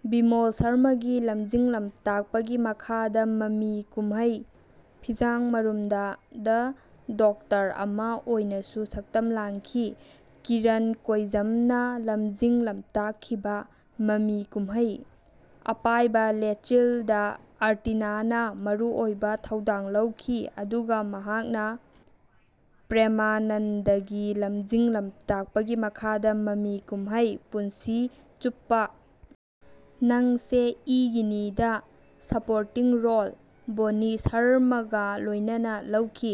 ꯕꯤꯃꯣꯜ ꯁꯔꯃꯥꯒꯤ ꯂꯝꯖꯤꯡ-ꯂꯝꯇꯥꯛꯄꯒꯤ ꯃꯈꯥꯗ ꯃꯃꯤ ꯀꯨꯝꯍꯩ "ꯐꯤꯖꯥꯡ ꯃꯔꯨꯝꯗꯥ"ꯗ ꯗꯣꯛꯇꯔ ꯑꯃ ꯑꯣꯏꯅꯁꯨ ꯁꯛꯇꯝ ꯂꯥꯡꯈꯤ꯫ ꯀꯤꯔꯟ ꯀꯣꯏꯖꯝꯅ ꯂꯝꯖꯤꯡ-ꯂꯝꯇꯥꯛꯈꯤꯕ ꯃꯃꯤ ꯀꯨꯝꯍꯩ "ꯑꯄꯥꯏꯕꯥ ꯂꯦꯆꯤꯜ"ꯗ ꯑꯥꯔꯇꯤꯅꯥꯅ ꯃꯔꯨꯑꯣꯏꯕ ꯊꯧꯗꯥꯡ ꯂꯧꯈꯤ ꯑꯗꯨꯒ ꯃꯍꯥꯛꯅ ꯄ꯭ꯔꯦꯃꯥꯅꯟꯗꯒꯤ ꯂꯝꯖꯤꯡ-ꯂꯝꯇꯥꯛꯄꯒꯤ ꯃꯈꯥꯗ ꯃꯃꯤ ꯀꯨꯝꯍꯩ "ꯄꯨꯟꯁꯤ ꯆꯨꯞꯄꯥ ꯅꯪꯁꯦ ꯏꯒꯤꯅꯤ"ꯗ ꯁꯄꯣꯔꯇꯤꯡ ꯔꯣꯜ (ꯕꯣꯟꯅꯤ ꯁꯔꯃꯥꯒ ꯂꯣꯏꯅꯅ) ꯂꯧꯈꯤ꯫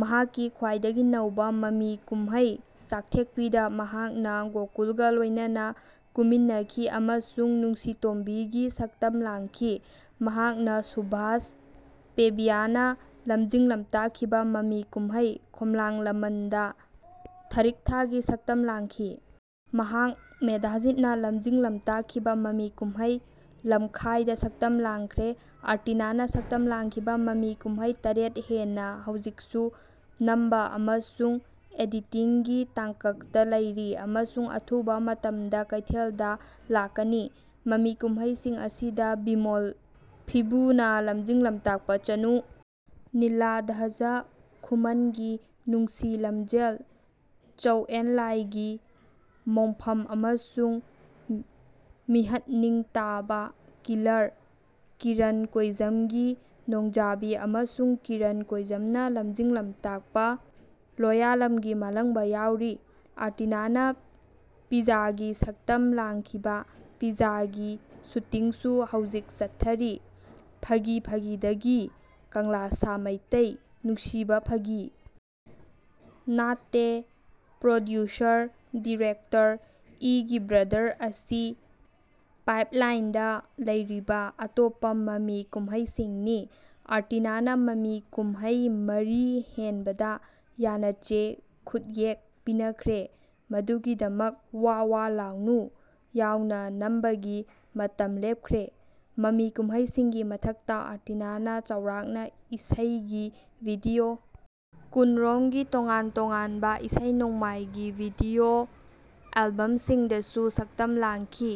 ꯃꯍꯥꯛꯀꯤ ꯈ꯭ꯋꯥꯏꯗꯒꯤ ꯅꯧꯕ ꯃꯃꯤ ꯀꯨꯝꯍꯩ "ꯆꯛꯊꯦꯛꯄꯤ"ꯗ ꯃꯍꯥꯛꯅ ꯒꯣꯀꯨꯜꯒ ꯂꯣꯏꯅꯅ ꯀꯨꯝꯃꯤꯟꯅꯈꯤ ꯑꯃꯁꯨꯡ ꯅꯨꯡꯁꯤꯇꯣꯝꯕꯤꯒꯤ ꯁꯛꯇꯝ ꯂꯥꯡꯈꯤ꯫ ꯃꯍꯥꯛꯅ ꯁꯨꯚꯥꯁ ꯄꯦꯕꯤꯌꯥꯅ ꯂꯝꯖꯤꯡ-ꯂꯝꯇꯥꯛꯈꯤꯕ ꯃꯃꯤ ꯀꯨꯝꯍꯩ "ꯈꯣꯝꯂꯥꯡ ꯂꯃꯟ"ꯗ ꯊꯥꯔꯤꯛꯊꯥꯒꯤ ꯁꯛꯇꯝ ꯂꯥꯡꯈꯤ꯫ ꯃꯍꯥꯛ ꯃꯦꯙꯥꯖꯤꯠꯅ ꯂꯝꯖꯤꯡ-ꯂꯝꯇꯥꯛꯈꯤꯕ ꯃꯃꯤ ꯀꯨꯝꯍꯩ "ꯂꯝꯈꯥꯏ"ꯗ ꯁꯛꯇꯝ ꯂꯥꯡꯈ꯭ꯔꯦ꯫ ꯑꯥꯔꯇꯤꯅꯥꯅ ꯁꯛꯇꯝ ꯂꯥꯡꯈꯤꯕ ꯃꯃꯤ ꯀꯨꯝꯍꯩ ꯇꯔꯦꯠ ꯍꯦꯟꯅ ꯍꯧꯖꯤꯛꯁꯨ ꯅꯝꯕ ꯑꯃꯁꯨꯡ ꯑꯦꯗꯤꯇꯤꯡꯒꯤ ꯇꯥꯡꯀꯛꯇ ꯂꯩꯔꯤ ꯑꯃꯁꯨꯡ ꯑꯊꯨꯕ ꯃꯇꯝꯗ ꯀꯩꯊꯦꯜꯗ ꯂꯥꯛꯀꯅꯤ꯫ ꯃꯃꯤ ꯀꯨꯝꯍꯩꯁꯤꯡ ꯑꯁꯤꯗ ꯕꯤꯃꯣꯜ ꯐꯤꯕꯨꯅ ꯂꯝꯖꯤꯡ-ꯂꯝꯇꯥꯛꯄ ꯆꯅꯨ, ꯅꯤꯜꯂꯥꯙꯥꯖꯥ ꯈꯨꯃꯟꯒꯤ ꯅꯨꯡꯁꯤ ꯂꯝꯖꯦꯜ, ꯆꯧ-ꯑꯦꯟ-ꯂꯥꯏꯒꯤ ꯃꯣꯡꯐꯝ ꯑꯃꯁꯨꯡ ꯃꯤꯍꯠꯅꯤꯡꯇꯥꯕꯥ ꯀꯤꯂꯔ, ꯀꯤꯔꯟ ꯀꯣꯏꯖꯝꯒꯤ ꯅꯣꯡꯖꯥꯕꯤ ꯑꯃꯁꯨꯡ ꯀꯤꯔꯟ ꯀꯣꯏꯖꯝꯅ ꯂꯝꯖꯤꯡ-ꯂꯝꯇꯥꯛꯄ ꯂꯣꯌꯥꯂꯝꯒꯤ ꯃꯥꯂꯡꯕꯥ ꯌꯥꯎꯔꯤ꯫ ꯑꯥꯔꯇꯤꯅꯥꯅ ꯄꯤꯖꯥꯒꯤ ꯁꯛꯇꯝ ꯂꯥꯡꯈꯤꯕ ꯄꯤꯖꯥꯒꯤ ꯁꯨꯇꯤꯡꯁꯨ ꯍꯧꯖꯤꯛ ꯆꯠꯊꯔꯤ꯫ ꯐꯒꯤ ꯐꯒꯤꯗꯥꯒꯤ, ꯀꯪꯂꯥꯁꯥ ꯃꯩꯇꯩ, ꯅꯨꯡꯁꯤꯕꯥ ꯐꯒꯤ ꯅꯥꯠꯇꯦ, ꯄ꯭ꯔꯣꯗ꯭ꯌꯨꯁꯔ ꯗꯤꯔꯦꯛꯇꯔ, ꯏꯒꯤ ꯕ꯭ꯔꯗꯔ ꯑꯁꯤ ꯄꯥꯏꯞꯂꯥꯏꯟꯗ ꯂꯩꯔꯤꯕ ꯑꯇꯣꯞꯄ ꯃꯃꯤ ꯀꯨꯝꯍꯩꯁꯤꯡꯅꯤ꯫ ꯑꯥꯔꯇꯤꯅꯥꯅ ꯃꯃꯤ ꯀꯨꯝꯍꯩ ꯃꯔꯤ ꯍꯦꯟꯕꯗ ꯌꯥꯅꯆꯦ ꯈꯨꯠꯌꯦꯛ ꯄꯤꯅꯈ꯭ꯔꯦ ꯃꯗꯨꯒꯤꯗꯃꯛ "ꯋꯥ ꯋꯥ ꯂꯥꯎꯅꯨ"ꯌꯥꯎꯅ ꯅꯝꯕꯒꯤ ꯃꯇꯝ ꯂꯦꯞꯈ꯭ꯔꯦ꯫ ꯃꯃꯤ ꯀꯨꯝꯍꯩꯁꯤꯡꯒꯤ ꯃꯊꯛꯇ, ꯑꯥꯔꯇꯤꯅꯥꯅ ꯆꯥꯎꯔꯥꯛꯅ ꯏꯁꯩꯒꯤ ꯚꯤꯗꯤꯑꯣ ꯀꯨꯟꯔꯣꯝꯒꯤ ꯇꯣꯉꯥꯟ-ꯇꯣꯉꯥꯟꯕ ꯏꯁꯩ-ꯅꯣꯡꯃꯥꯏꯒꯤ ꯚꯤꯗꯤꯑꯣ ꯑꯦꯜꯕꯝꯁꯤꯡꯗꯁꯨ ꯁꯛꯇꯝ ꯂꯥꯡꯈꯤ꯫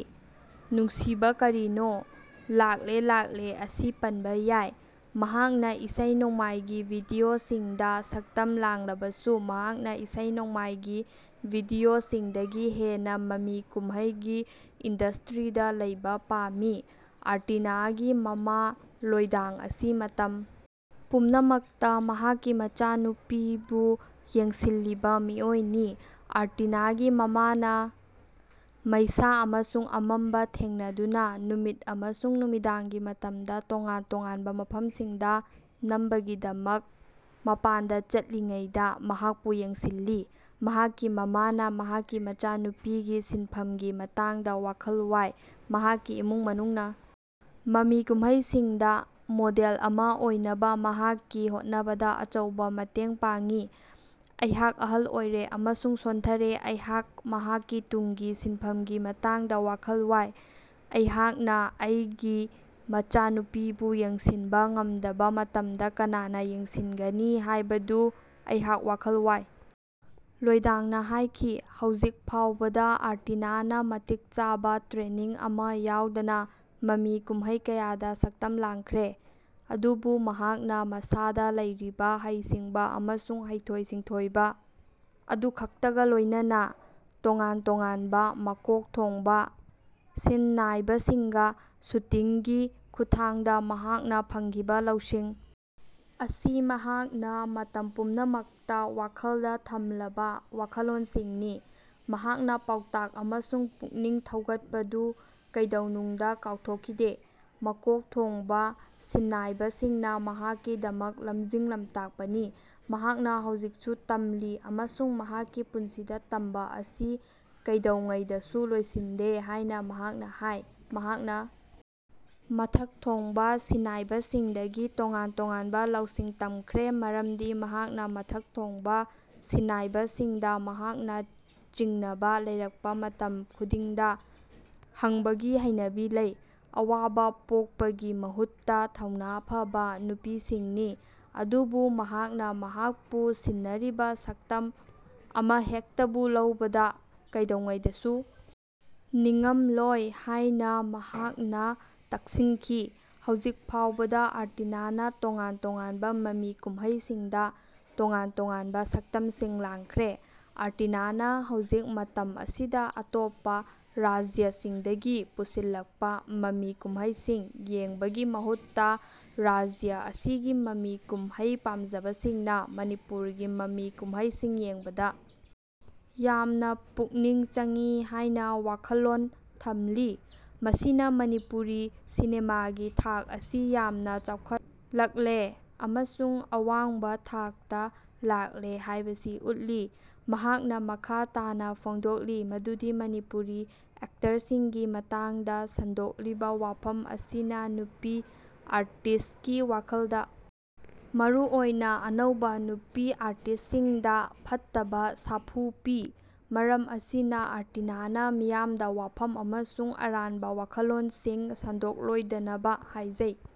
ꯅꯨꯡꯁꯤꯕꯥ ꯀꯥꯔꯤꯅꯣ, ꯂꯥꯛꯂꯦ ꯂꯥꯛꯂꯦ ꯑꯁꯤ ꯄꯟꯕ ꯌꯥꯏ꯫ ꯃꯍꯥꯛꯅ ꯏꯁꯩ-ꯅꯣꯡꯃꯥꯏꯒꯤ ꯚꯤꯗꯤꯑꯣꯁꯤꯡꯗ ꯁꯛꯇꯝ ꯂꯥꯡꯂꯕꯁꯨ, ꯃꯍꯥꯛꯅ ꯏꯁꯩ-ꯅꯣꯡꯃꯥꯏꯒꯤ ꯚꯤꯗꯤꯑꯣꯁꯤꯡꯗꯒꯤ ꯍꯦꯟꯅ ꯃꯃꯤ ꯀꯨꯝꯍꯩꯒꯤ ꯏꯟꯗꯁꯇ꯭ꯔꯤꯗ ꯂꯩꯕ ꯄꯥꯝꯃꯤ꯫ ꯑꯥꯔꯇꯤꯅꯥꯒꯤ ꯃꯃꯥ ꯂꯣꯏꯗꯥꯡ ꯑꯁꯤ ꯃꯇꯝ ꯄꯨꯝꯅꯃꯛꯇ ꯃꯍꯥꯛꯀꯤ ꯃꯆꯥꯅꯨꯄꯤꯕꯨ ꯌꯦꯡꯁꯤꯜꯂꯤꯕ ꯃꯤꯑꯣꯏꯅꯤ꯫ ꯑꯥꯔꯇꯤꯅꯥꯒꯤ ꯃꯃꯥꯅ ꯃꯩꯁꯥ ꯑꯃꯁꯨꯡ ꯑꯃꯝꯕ ꯊꯦꯡꯅꯗꯨꯅ ꯅꯨꯃꯤꯠ ꯑꯃꯁꯨꯡ ꯅꯨꯃꯤꯗꯥꯡꯒꯤ ꯃꯇꯝꯗ ꯇꯣꯉꯥꯟ-ꯇꯣꯉꯥꯟꯕ ꯃꯐꯝꯁꯤꯡꯗ ꯅꯝꯕꯒꯤꯗꯃꯛ ꯃꯄꯥꯟꯗ ꯆꯠꯂꯤꯉꯩꯗ ꯃꯍꯥꯛꯄꯨ ꯌꯦꯡꯁꯤꯜꯂꯤ꯫ ꯃꯍꯥꯛꯀꯤ ꯃꯃꯥꯅ ꯃꯍꯥꯛꯀꯤ ꯃꯆꯥꯅꯨꯄꯤꯒꯤ ꯁꯤꯟꯐꯝꯒꯤ ꯃꯇꯥꯡꯗ ꯋꯥꯈꯜ ꯋꯥꯏ꯫ ꯃꯍꯥꯛꯀꯤ ꯏꯃꯨꯡ ꯃꯅꯨꯡꯅ ꯃꯃꯤ ꯀꯨꯝꯍꯩꯁꯤꯡꯗ ꯃꯣꯗꯦꯜ ꯑꯃꯥ ꯑꯣꯏꯅꯕ ꯃꯍꯥꯛꯀꯤ ꯍꯣꯠꯅꯕꯗ ꯑꯆꯧꯕ ꯃꯇꯦꯡ ꯄꯥꯡꯉꯤ꯫"ꯑꯩꯍꯥꯛ ꯑꯍꯜ ꯑꯣꯏꯔꯦ ꯑꯃꯁꯨꯡ ꯁꯣꯟꯊꯔꯦ, ꯑꯩꯍꯥꯛ ꯃꯍꯥꯛꯀꯤ ꯇꯨꯡꯒꯤ ꯁꯤꯟꯐꯝꯒꯤ ꯃꯇꯥꯡꯗ ꯋꯥꯈꯜ ꯋꯥꯏ, ꯑꯩꯍꯥꯛꯅ ꯑꯩꯒꯤ ꯃꯆꯥꯅꯨꯄꯤꯕꯨ ꯌꯦꯡꯁꯤꯟꯕ ꯉꯝꯗꯕ ꯃꯇꯝꯗ ꯀꯅꯥꯅ ꯌꯦꯡꯁꯤꯟꯒꯅꯤ ꯍꯥꯏꯕꯗꯨ ꯑꯩꯍꯥꯛ ꯋꯥꯈꯜ ꯋꯥꯏ", ꯂꯣꯏꯗꯥꯡꯅ ꯍꯥꯏꯈꯤ꯫ ꯍꯧꯖꯤꯛ ꯐꯥꯎꯕꯗ ꯑꯥꯔꯇꯤꯅꯥꯅ ꯃꯇꯤꯛ ꯆꯥꯕ ꯇ꯭ꯔꯦꯅꯤꯡ ꯑꯃ ꯌꯥꯎꯗꯅ ꯃꯃꯤ ꯀꯨꯝꯍꯩ ꯀꯌꯥꯗ ꯁꯛꯇꯝ ꯂꯥꯡꯈ꯭ꯔꯦ ꯑꯗꯨꯕꯨ ꯃꯍꯥꯛꯅ ꯃꯁꯥꯗ ꯂꯩꯔꯤꯕ ꯍꯩꯁꯤꯡꯕ ꯑꯃꯁꯨꯡ ꯍꯩꯊꯣꯏ-ꯁꯤꯡꯊꯣꯏꯕ ꯑꯗꯨꯈꯛꯇꯒ ꯂꯣꯏꯅꯅ꯫ ꯇꯣꯉꯥꯟ-ꯇꯣꯉꯥꯟꯕ ꯃꯀꯣꯛ ꯊꯣꯡꯕ ꯁꯤꯟꯅꯥꯏꯕꯁꯤꯡꯒ ꯁꯨꯇꯤꯡꯒꯤ ꯈꯨꯠꯊꯥꯡꯗ ꯃꯍꯥꯛꯅ ꯐꯪꯈꯤꯕ ꯂꯧꯁꯤꯡ ꯑꯁꯤ ꯃꯍꯥꯛꯅ ꯃꯇꯝ ꯄꯨꯝꯅꯃꯛꯇ ꯋꯥꯈꯜꯗ ꯊꯝꯂꯝꯕ ꯋꯥꯈꯜꯂꯣꯟꯁꯤꯡꯅꯤ꯫ ꯃꯍꯥꯛꯅ ꯄꯥꯎꯇꯥꯛ ꯑꯃꯁꯨꯡ ꯄꯨꯛꯅꯤꯡ ꯊꯧꯒꯠꯄꯗꯨ ꯀꯩꯗꯧꯅꯨꯡꯗ ꯀꯥꯎꯊꯣꯛꯈꯤꯗꯦ꯫ ꯃꯀꯣꯛ ꯊꯣꯡꯕ ꯁꯤꯟꯅꯥꯏꯕꯁꯤꯡꯅ ꯃꯍꯥꯛꯀꯤꯗꯃꯛ ꯂꯝꯖꯤꯡ-ꯂꯝꯇꯥꯛꯄꯅꯤ꯫ ꯃꯍꯥꯛꯅ ꯍꯧꯖꯤꯛꯁꯨ ꯇꯝꯂꯤ ꯑꯃꯁꯨꯡ ꯃꯍꯥꯛꯀꯤ ꯄꯨꯟꯁꯤꯗ ꯇꯝꯕ ꯑꯁꯤ ꯀꯩꯗꯧꯉꯩꯗꯁꯨ ꯂꯣꯏꯁꯤꯟꯗꯦ ꯍꯥꯏꯅ ꯃꯍꯥꯛꯅ ꯍꯥꯏ꯫ ꯃꯍꯥꯛꯅ ꯃꯊꯛ ꯊꯣꯡꯕ ꯁꯤꯟꯅꯥꯏꯕꯁꯤꯡꯗꯒꯤ ꯇꯣꯉꯥꯟ-ꯇꯣꯉꯥꯟꯕ ꯂꯧꯁꯤꯡ ꯇꯝꯈ꯭ꯔꯦ ꯃꯔꯝꯗꯤ ꯃꯍꯥꯛꯅ ꯃꯊꯛ ꯊꯣꯡꯕ ꯁꯤꯟꯅꯥꯏꯕꯁꯤꯡꯗ ꯃꯍꯥꯛꯅ ꯆꯤꯡꯅꯕ ꯂꯩꯔꯛꯄ ꯃꯇꯝ ꯈꯨꯗꯤꯡꯗ ꯍꯪꯕꯒꯤ ꯍꯩꯅꯕꯤ ꯂꯩ꯫ ꯑꯋꯥꯕ ꯄꯣꯛꯄꯒꯤ ꯃꯍꯨꯠꯇ ꯊꯧꯅꯥ ꯐꯕ ꯅꯨꯄꯤꯁꯤꯡꯅꯤ꯫ ꯑꯗꯨꯕꯨ ꯃꯍꯥꯛꯅ ꯃꯍꯥꯛꯄꯨ ꯁꯤꯟꯅꯔꯤꯕ ꯁꯛꯇꯝ ꯑꯃꯍꯦꯛꯇꯕꯨ ꯂꯧꯕꯗ ꯀꯩꯗꯧꯉꯩꯗꯁꯨ ꯅꯤꯡꯉꯝꯂꯣꯏ ꯍꯥꯏꯅ ꯃꯍꯥꯛꯅ ꯇꯛꯁꯤꯟꯈꯤ꯫ ꯍꯧꯖꯤꯛ ꯐꯥꯎꯕꯗ ꯑꯥꯔꯇꯤꯅꯥꯅ ꯇꯣꯉꯥꯟ-ꯇꯣꯉꯥꯟꯕ ꯃꯃꯤ ꯀꯨꯝꯍꯩꯁꯤꯡꯗ ꯇꯣꯉꯥꯟ-ꯇꯣꯉꯥꯟꯕ ꯁꯛꯇꯝꯁꯤꯡ ꯂꯥꯡꯈ꯭ꯔꯦ꯫ ꯑꯥꯔꯇꯤꯅꯥꯅ ꯍꯧꯖꯤꯛ ꯃꯇꯝ ꯑꯁꯤꯗ ꯑꯇꯣꯞꯄ ꯔꯥꯖ꯭ꯌꯁꯤꯡꯗꯒꯤ ꯄꯨꯁꯤꯜꯂꯛꯄ ꯃꯃꯤ ꯀꯨꯝꯍꯩꯁꯤꯡ ꯌꯦꯡꯕꯒꯤ ꯃꯍꯨꯠꯇ ꯔꯥꯖ꯭ꯌ ꯑꯁꯤꯒꯤ ꯃꯃꯤ ꯀꯨꯝꯍꯩ ꯄꯥꯝꯖꯕꯁꯤꯡꯅ ꯃꯅꯤꯄꯨꯔꯒꯤ ꯃꯃꯤ ꯀꯨꯝꯍꯩꯁꯤꯡ ꯌꯦꯡꯕꯗ ꯌꯥꯝꯅ ꯄꯨꯛꯅꯤꯡ ꯆꯪꯏ ꯍꯥꯏꯅ ꯋꯥꯈꯜꯂꯣꯟ ꯊꯝꯂꯤ꯫ ꯃꯁꯤꯅ ꯃꯅꯤꯄꯨꯔꯤ ꯁꯤꯅꯦꯃꯥꯒꯤ ꯊꯥꯛ ꯑꯁꯤ ꯌꯥꯝꯅ ꯆꯥꯎꯈꯠꯂꯛꯂꯦ ꯑꯃꯁꯨꯡ ꯑꯋꯥꯡꯕ ꯊꯥꯛꯇ ꯂꯥꯛꯂꯦ ꯍꯥꯏꯕꯁꯤ ꯎꯠꯂꯤ꯫ ꯃꯍꯥꯛꯅ ꯃꯈꯥ ꯇꯥꯅ ꯐꯣꯡꯗꯣꯛꯂꯤ ꯃꯗꯨꯗꯤ ꯃꯅꯤꯄꯨꯔꯤ ꯑꯦꯛꯇꯔꯁꯤꯡꯒꯤ ꯃꯇꯥꯡꯗ ꯁꯟꯗꯣꯛꯂꯤꯕ ꯋꯥꯐꯝ ꯑꯁꯤꯅ ꯅꯨꯄꯤ ꯑꯥꯔꯇꯤꯁ꯭ꯠꯀꯤ ꯋꯥꯈꯜꯗ ꯃꯔꯨꯑꯣꯏꯅ ꯑꯅꯧꯕ ꯅꯨꯄꯤ ꯑꯥꯔꯇꯤꯁ꯭ꯠꯁꯤꯡꯗ ꯐꯠꯇꯕ ꯁꯥꯐꯨ ꯄꯤ꯫ ꯃꯔꯝ ꯑꯁꯤꯅ, ꯑꯥꯔꯇꯤꯅꯥꯅ ꯃꯤꯌꯥꯝꯗ ꯋꯥꯐꯝ ꯑꯃꯁꯨꯡ ꯑꯔꯥꯟꯕ ꯋꯥꯈꯜꯂꯣꯟꯁꯤꯡ ꯁꯟꯗꯣꯛꯂꯣꯏꯗꯅꯕ ꯍꯥꯏꯖꯩ"꯫